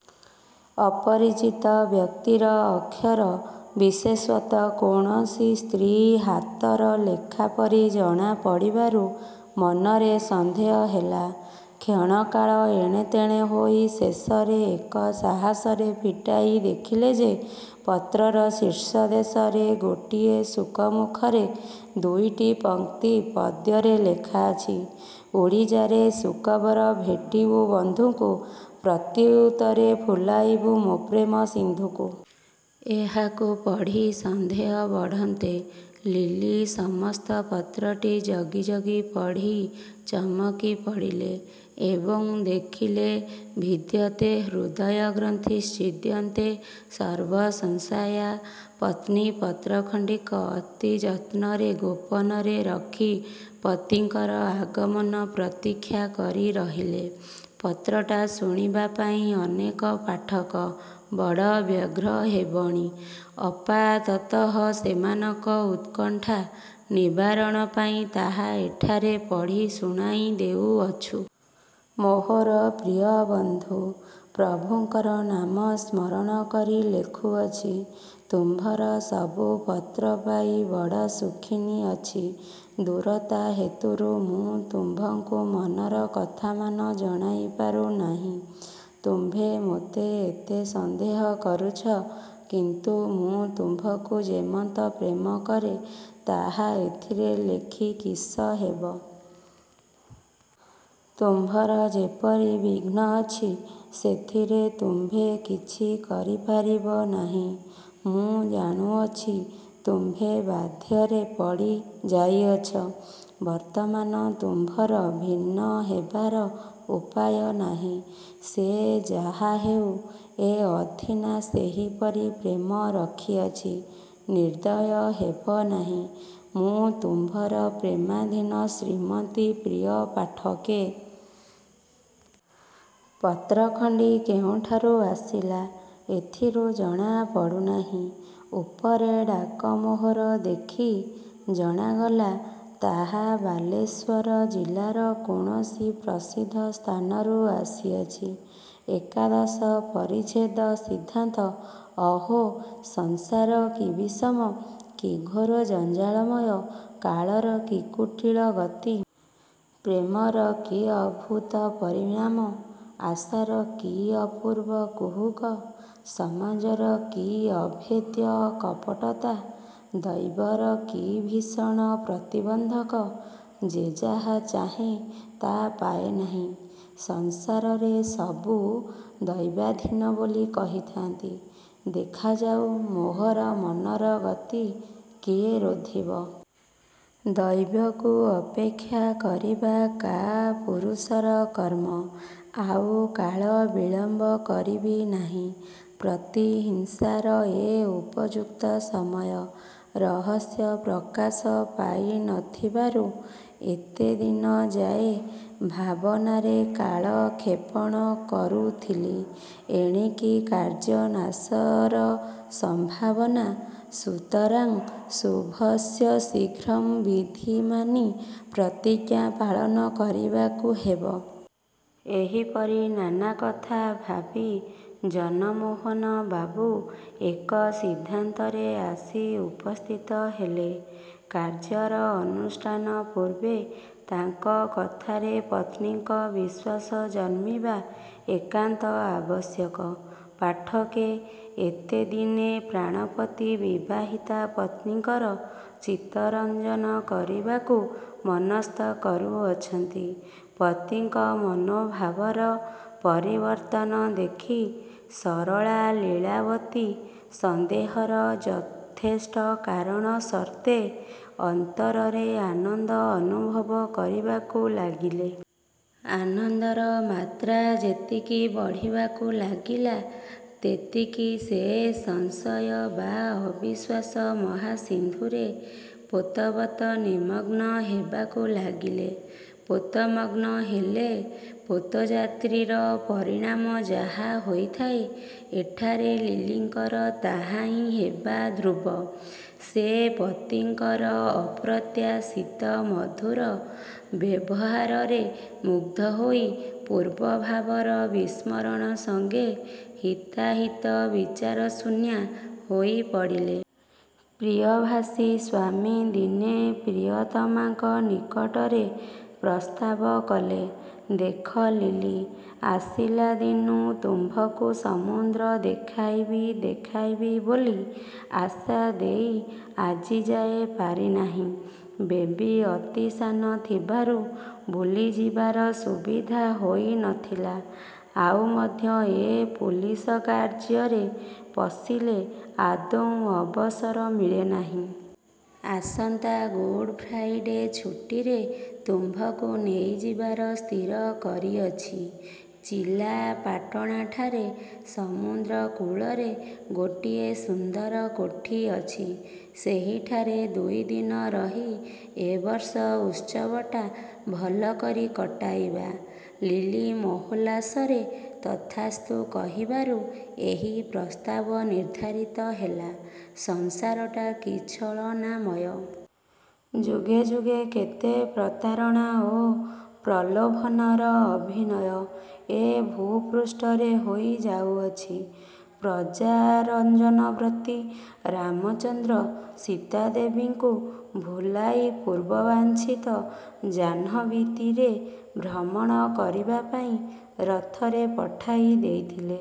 ଅପରିଚିତ ବ୍ୟକ୍ତିର ଅକ୍ଷର, ବିଶେଷତଃ କୌଣସି ସ୍ତ୍ରୀ ହାତର ଲେଖା ପରି ଜଣା ପଡ଼ିବାରୁ ମନରେ ସନ୍ଦେହ ହେଲା। କ୍ଷଣକାଳ ଏଣେତେଣେ ହୋଇ ଶେଷରେ ଏକ ସାହସରେ ଫିଟାଇ ଦେଖିଲେ ଯେ- ପତ୍ରର ଶୀର୍ଷଦେଶରେ ଗୋଟିଏ ଶୁକମୁଖରେ ଦୁଇଟି ପଂକ୍ତି ପଦ୍ୟରେ ଲେଖା ଅଛି। ''ଉଡ଼ିଯା ରେ ଶୁକବର ଭେଟିବୁ ବନ୍ଧୁଙ୍କୁ, ପ୍ରତ୍ୟୁତ୍ତରେ ଫୁଲାଇବୁ ମୋ ପ୍ରେମସିନ୍ଧୁକୁ। '' ଏହାକୁ ପଢ଼ି ସନ୍ଦେହ ବଢ଼ନ୍ତେ ଲିଲି ସମସ୍ତ ପତ୍ରଟି ଜଗି ଜଗି ପଢ଼ି ଚମକିପଡ଼ିଲେ ଏବଂ ଦେଖିଲେ ''ଭିଦ୍ୟତେ ହୃଦୟଗ୍ରନ୍ଥିଶ୍ଛିଦ୍ୟନ୍ତେ ସର୍ବସଂଶୟାଃ। '' ପତ୍ନୀ ପତ୍ରଖଣ୍ଡିକ ଅତି ଯତ୍ନରେ ଗୋପନରେ ରଖି ପତିଙ୍କର ଆଗମନ ପ୍ରତୀକ୍ଷା କରି ରହିଲେ। ପତ୍ରଟା ଶୁଣିବାପାଇଁ ଅନେକ ପାଠକ ବଡ଼ ବ୍ୟଗ୍ର ହେବେଣି ଆପାତତଃ ସେମାନଙ୍କ ଉତ୍କଣ୍ଠା ନିବାରଣପାଇଁ ତାହା ଏଠାରେ ପଢ଼ି ଶୁଣାଇ ଦେଉଅଛୁଁ। ମୋହର ପ୍ରିୟ ବନ୍ଧୁ, ପ୍ରଭୁଙ୍କର ନାମ ସ୍ମରଣ କରି ଲେଖୁଅଛି। ତୁମ୍ଭର ସବୁ ପତ୍ର ପାଇ ବଡ଼ ସୁଖିନୀ ଅଛି। ଦୂରତା ହେତୁରୁ ମୁଁ ତୁମ୍ଭଙ୍କୁ ମନର କଥାମାନ ଜଣାଇ ପାରୁ ନାହିଁ। ତୁମ୍ଭେ ମୋତେ ଏତେ ସନ୍ଦେହ କରୁଛ, କିନ୍ତୁ ମୁଁ ତୁମ୍ଭଙ୍କୁ ଯେମନ୍ତ ପ୍ରେମ କରେଁ, ତାହା ଏଥିରେ ଲେଖି କିସ ହେବ? ତୁମ୍ଭର ଯେପରି ବିଘ୍ନ ଅଛି, ସେଥିରେ ତୁମ୍ଭେ କିଛି କରି ପାରିବ ନାହିଁ। ମୁଁ ଜାଣୁଅଛି, ତୁମ୍ଭେ ବାଧ୍ୟରେ ପଡ଼ି ଯାଇଅଛ। ବର୍ତ୍ତମାନ ତୁମ୍ଭର ଭିନ୍ନ ହେବାର ଉପାୟ ନାହିଁ। ସେ ଯାହାହେଉ, ଏ ଅଧୀନା ସେହିପରି ପ୍ରେମ ରଖିଅଛି। ନିର୍ଦୟ ହେବ ନାହିଁ। ମୁଁ ତୁମ୍ଭର ପ୍ରେମାଧୀନା ଶ୍ରୀମତୀ- ପ୍ରିୟ ପାଠକେ! ପତ୍ର ଖଣ୍ତି କେଉଁଠାରୁ ଆସିଲା, ଏଥିରୁ ଜଣା ପଡ଼ୁନାହିଁ। ଉପରେ ଡାକ ମୋହର ଦେଖି ଜଣାଗଲା, ତାହା ବାଲେଶ୍ୱର ଜିଲ୍ଲାର କୌଣସି ପ୍ରସିଦ୍ଧ ସ୍ଥାନରୁ ଆସିଅଛି। ଏକାଦଶ ପରିଚ୍ଛେଦ ସିଦ୍ଧାନ୍ତ 'ଅହୋ! ସଂସାର କି ବିଷମ! କି ଘୋର ଜଞ୍ଜାଳମୟ! କାଳର କି କୁଟିଳ ଗତି! ପ୍ରେମର କି ଅଦ୍ଭୁତ ପରିଣାମ! ଆଶାର କି ଅପୂର୍ବ କୁହକ! ସମାଜର କି ଅଭେଦ୍ୟ କପଟତା! ଦୈବର କି ଭୀଷଣ ପ୍ରତିବନ୍ଧକ! ଯେ ଯାହା ଚାହେଁ, ତାହା ପାଏ ନାହିଁ। ସଂସାରରେ ସବୁ ଦୈବାଧୀନ ବୋଲି କହିଥାନ୍ତି। ଦେଖାଯାଉ ମୋହର ମନର ଗତି କିଏ ରୋଧିବ? ଦୈବକୁ ଅପେକ୍ଷା କରିବା କାପୁରୂଷର କର୍ମ। ଆଉ କାଳ ବିଳମ୍ୱ କରିବି ନାହିଁ। ପ୍ରତିହିଂସାର ଏ ଉପଯୁକ୍ତ ସମୟ। ରହସ୍ୟ ପ୍ରକାଶ ପାଇ ନ ଥିବାରୁ ଏତେଦିନଯାଏ ଭାବନାରେ କାଳକ୍ଷେପଣ କରୁଥିଲି। ଏଣିକି କାର୍ଯ୍ୟନାଶର ସମ୍ଭାବନା। ସୁତରାଂ ଶୁଭସ୍ୟ ଶୀଘ୍ରଂ' ବିଧି ମାନି ପ୍ରତିଜ୍ଞା ପାଳନ କରିବାକୁ ହେବ। ' ଏହିପରି ନାନା କଥା ଭାବି ଜନମୋହନ ବାବୁ ଏକ ସିଦ୍ଧାନ୍ତରେ ଆସି ଉପସ୍ଥିତ ହେଲେ। କାର୍ଯ୍ୟର ଅନୁଷ୍ଠାନ ପୂର୍ବେ ତାଙ୍କ କଥାରେ ପତ୍ନୀଙ୍କ ବିଶ୍ୱାସ ଜନ୍ମିବା ଏକାନ୍ତ ଆବଶ୍ୟକ। ପାଠକେ! ଏତେଦିନେ ପ୍ରାଣପତି ବିବାହିତା ପତ୍ନୀଙ୍କର ଚିତ୍ତରଞ୍ଜନ କରିବାକୁ ମନଃସ୍ଥ କରୁଅଛନ୍ତି! ପତିଙ୍କ ମନୋଭାବର ପରିବର୍ତ୍ତନ ଦେଖି ସରଳା ଲୀଳାବତୀ ସନ୍ଦେହର ଯଥେଷ୍ଟ କାରଣ ସତ୍ତ୍ୱେ ଅନ୍ତରରେ ଆନନ୍ଦ ଅନୁଭବ କରିବାକୁ ଲାଗିଲେ। ଆନନ୍ଦର ମାତ୍ରା ଯେତିକି ବଢ଼ିବାକୁ ଲାଗିଲା, ତେତିକି ସେ ସଂଶୟ ବା ଅବିଶ୍ୱାସ ମହାସିନ୍ଧୁରେ ପୋତବତ୍ ନିମଗ୍ନ ହେବାକୁ ଲାଗିଲେ। ପୋତ ମଗ୍ନ ହେଲେ ପୋତଯାତ୍ରୀର ପରିଣାମ ଯାହା ହୋଇଥାଏ, ଏଠାରେ ଲିଲିଙ୍କର ତାହାହିଁ ହେବା ଧ୍ରୁବ। ସେ ପତିଙ୍କର ଅପ୍ରତ୍ୟାଶିତ ମଧୁର ବ୍ୟବହାରରେ ମୁଗ୍ଧ ହୋଇ ପୂର୍ବ ଭାବର ବିସ୍ମରଣ ସଙ୍ଗେ ହିତାହିତ ବିଚାରଶୂନ୍ୟା ହୋଇ ପଡ଼ିଲେ। ପ୍ରିୟଭାଷୀ ସ୍ୱାମୀ ଦିନେ ପ୍ରିୟତମାଙ୍କ ନିକଟରେ ପ୍ରସ୍ତାବ କଲେ- 'ଦେଖ ଲିଲି! ଆସିଲାଦିନୁଁ ତୁମ୍ଭଙ୍କୁ ସମୁଦ୍ର ଦେଖାଇବି ଦେଖାଇବି ବୋଲି ଆଶା ଦେଇ ଆଜିଯାଏ ପାରି ନାହିଁ। ବେବି ଅତି ସାନ ଥିବାରୁ ବୁଲି ଯିବାର ସୁବିଧା ହୋଇ ନ ଥିଲା। ଆଉ ମଧ୍ୟ ଏ ପୁଲିସ କାର୍ଯ୍ୟରେ ପଶିଲେ ଆଦୌ ଅବସର ମିଳେ ନାହିଁ-। ଆସନ୍ତା ଗୁଡ଼ ଫ୍ରାଇଡ଼େ ଛୁଟିରେ ତୁମ୍ଭଙ୍କୁ ନେଇଯିବାର ସ୍ଥିର କରିଅଛି। ଚିଲାପାଟଣାଠାରେ ସମୁଦ୍ର-କୂଳରେ ଗୋଟିଏ ସୁନ୍ଦର କୋଠି ଅଛି। ସେହିଠାରେ ଦୁଇ ଦିନ ରହି ଏ ବର୍ଷ ଉତ୍ସବଟା ଭଲକରି କଟାଇବା। ' ଲିଲି ମହୋଲ୍ଲାସରେ 'ତଥାସ୍ତୁ' କହିବାରୁ ଏହି ପ୍ରସ୍ତାବ ନିର୍ଦ୍ଧାରିତ ହେଲା। ସଂସାରଟା କି ଛଳନାମୟ! ଯୁଗେ ଯୁଗେ କେତେ ପ୍ରତାରଣା ଓ ପ୍ରଲୋଭନର ଅଭିନୟ ଏ ଭୂପୃଷ୍ଠରେ ହୋଇ ଯାଉଅଛି। ପ୍ରଜାରଞ୍ଜନବ୍ରତୀ ରାମଚନ୍ଦ୍ର ସୀତାଦେବୀଙ୍କୁ ଭୁଲାଇ ପୂର୍ବବାଞ୍ଛିତ ଜାହ୍ନବୀତୀରେ ଭ୍ରମଣ କରିବାପାଇଁ ରଥରେ ପଠାଇ ଦେଇଥିଲେ।